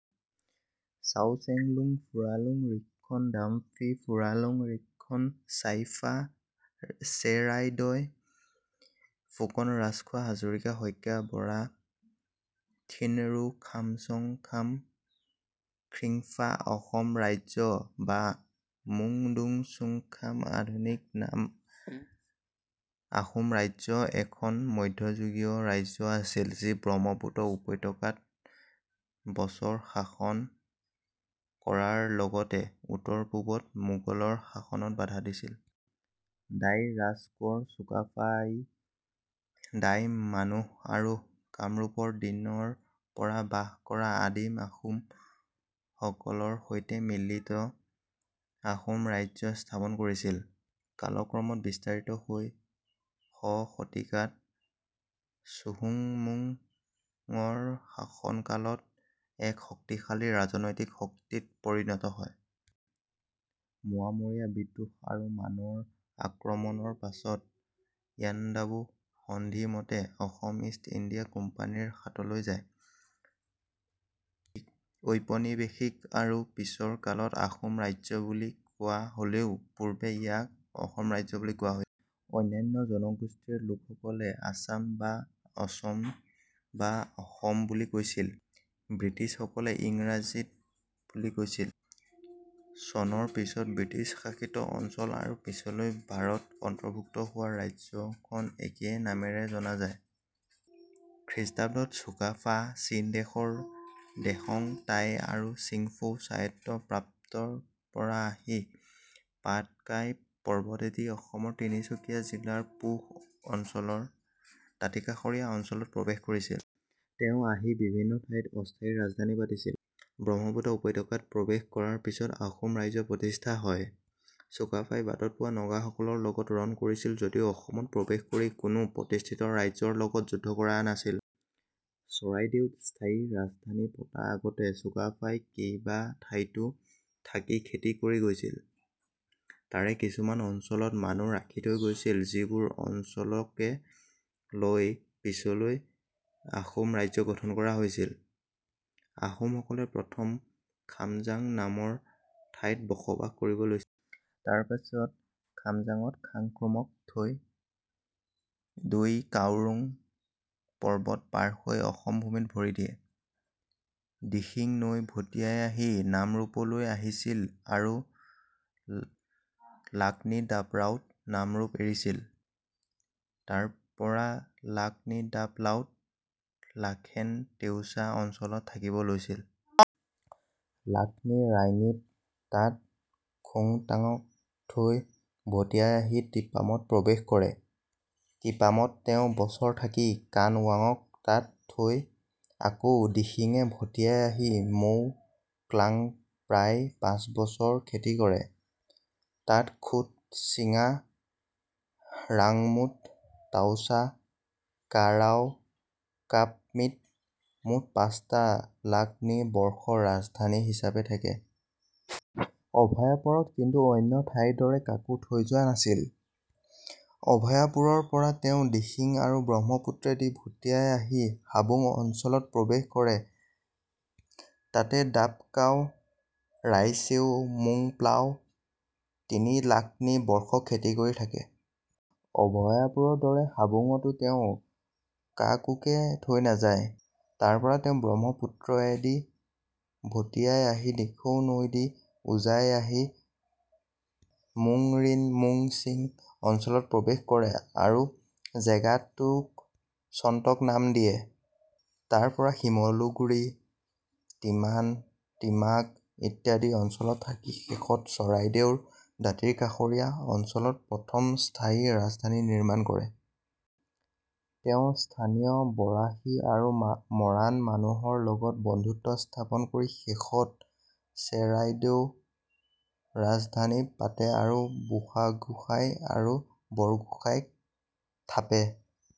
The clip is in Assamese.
ছাও-চেং-লুং ফুৰালুং ৰিক-খ্বন ডাম-ফী ফুৰালুং ৰিক-খ্বন চায়-ফা চে-ৰাই-ডয় ফুকন ৰাজখোৱা হাজৰিকা শইকীয়া বৰা থিন ৰু খাম চং-খাম খ্ৰীং-ফা অসম ৰাজ্য বা মু'ঙ দুন চুন খাম আধুনিক নাম আহোম ৰাজ্য এখন মধ্যযুগীয় ৰাজ্য আছিল যি ব্ৰহ্মপুত্ৰ উপত্যকা ত বছৰ শাসন কৰাৰ লগতে উত্তৰ-পূব ত মোগলৰ শাসনত বাধা দিছিল। দাই ৰাজকোঁৱৰ চুকাফা ই দাই মানুহ আৰু কামৰূপৰ দিনৰ পৰা বাস কৰা আদিম আহোম সকলৰ সৈতে মিলি ত আহোম ৰাজ্য স্থাপন কৰিছিল। কালক্ৰমত বিস্তাৰিত হৈ শ শতিকাত চুহুংমুং ৰ শাসনকালত এক শক্তিশালী ৰাজনৈতিক শক্তিত পৰিণত হয়। মোৱামৰীয়া বিদ্ৰোহ আৰু মানৰ আক্ৰমণ ৰ পাছত ত ইয়াণ্ডাবু সন্ধি মতে অসম ইষ্ট ইণ্ডিয়া কোম্পানী ৰ হাতলৈ যায়। ঔপনিবেশিক আৰু পিছৰ কালত আহোম ৰাজ্য বুলি কোৱা হ'লেও পূৰ্বে ইয়াক অসম ৰাজ্য বুলি কোৱা হৈছিল। অন্যান্য জনগোষ্ঠীৰ লোকসকলে আচাম বা অচম বা অসম বুলি কৈছিল। ব্ৰিটিছ সকলে ইংৰাজীত বুলি কৈছিল। চনৰ পিছত ব্ৰিটিছ শাসিত অঞ্চল আৰু পিছলৈ ভাৰত অন্তৰ্ভুক্ত হোৱা ৰাজ্যখন একে নামেৰে জনাজাত হয়। খ্ৰীষ্টাব্দত চুকাফা, চীনদেশৰ দেহ'ঙ টাই আৰু চিংফৌ স্বায়ত্ব প্ৰান্ত পৰা আহি পাটকাই পৰ্বতেদি অসমৰ তিনিচুকীয়া জিলাৰ পুহ অঞ্চলৰ দাতিকাষৰীয়া অঞ্চলত প্ৰৱেশ কৰিছিল। তেওঁ আহি বিভিন্ন ঠাইত অস্থায়ী ৰাজধানী পাতিছিল। ব্ৰহ্মপুত্ৰ উপত্যকাত প্ৰবেশ কৰাৰ পিছত আহোম ৰাজ্য প্ৰতিষ্ঠা হয়। চুকাফাই বাটত পোৱা নগা সকলৰ লগত ৰণ কৰিছিল যদিও অসমত প্ৰৱেশ কৰি কোনো প্ৰতিষ্ঠিত ৰাজ্যৰ লগত যুদ্ধ কৰা নাছিল। চৰাইদেউত স্থায়ী ৰাজধানী পতা আগতে চুকাফাই কেইবা ঠাইতো থাকি খেতি কৰি গৈছিল। তাৰে কিছুমান অঞ্চলত মানুহ ৰাখি থৈ গৈছিল যিবোৰ অঞ্চলকে লয় পাছলৈ আহোম ৰাজ্য গঠন কৰা হৈছিল। আহোম সকলে প্ৰথম খামজাং নামৰ ঠাইত বসবাস কৰিব লৈছিল। তাৰ পাছত খামজাঙত কাঙখ্ৰুমুঙক থৈ দৈ-কাওৰং পৰ্বত পাৰ হৈ অসমৰ ভূমিত ভৰি দিয়ে। দিহিং নৈ ভটিয়াই আহি নামৰূপলৈ আহিছিল আৰু লাক-নি দাপ ৰাওত নামৰূপ এৰিছিল। তাৰ পৰা লাক-নি দাপ লাওত লাখেন তেউচা অঞ্চলত থাকিব লৈছিল। লাক-নি ৰাইঙীত তাত খোনতাঙক থৈ ভটিয়াই আহি তিপামত প্ৰৱেশ কৰে। তিপামত তেওঁ বছৰ থাকি কানঙানক তাত থৈ আকৌ দিহিঙে ভটিয়াই আহি মৌঙ ক্লাঙ প্ৰায় পাঁচবছৰ খেতি কৰে। তাত খুঁত চি ঙা, ৰাংমুত, তাওছা, কা ৰাও, কাপ মিত মুঠ পাঁচটা লাক-নি বৰ্ষ ৰাজধানী হিচাপে থাকে। অভয়াপুৰত কিন্তু অন্য ঠাইৰ দৰে কাকো থৈ যোৱা নাছিল। অভয়াপুৰৰ পৰা তেওঁ দিহিং আৰু ব্ৰহ্মপুত্ৰে দি ভটিয়াই আহি হাবুং অঞ্চলত প্ৰৱেশ কৰে। তাতে দাপ কাও, ৰাই-ছেও, মুঙ প্লাও তিনি লাক-নি বৰ্ষ খেতি কৰি থাকে। অভয়াপুৰৰ দৰে হাবুঙতো তেওঁ কাকোকে থৈ নাযায়। তাৰ পৰা তেওঁ ব্ৰহ্মপুত্ৰয়ে দি ভটিয়াই আহি দিখৌ নৈ দি উজাই আহি মোঙ-ৰিণ-মোঙ-চিং অঞ্চলত প্ৰৱেশ কৰে আৰু জেগা টোক চন-টক নাম দিয়ে। তাৰ পৰা শিমলুগুৰি, টিমান, টিমাক, ইত্যাদি অঞ্চলত থাকি শেষত চৰাইদেউৰ দাতিকাষৰীয়া অঞ্চলত প্ৰথম স্থায়ী ৰাজধানী নিৰ্মাণ কৰে। তেওঁ স্থানীয় বৰাহী আৰু মৰাণ মানুহৰ লগত বন্ধুত্ব স্থাপন কৰি শেষত ছে ৰাই দেউ ৰাজধানী পাতে আৰু বুঢ়াগোহাঁই আৰু বৰগোহাঁই ক থাপে ।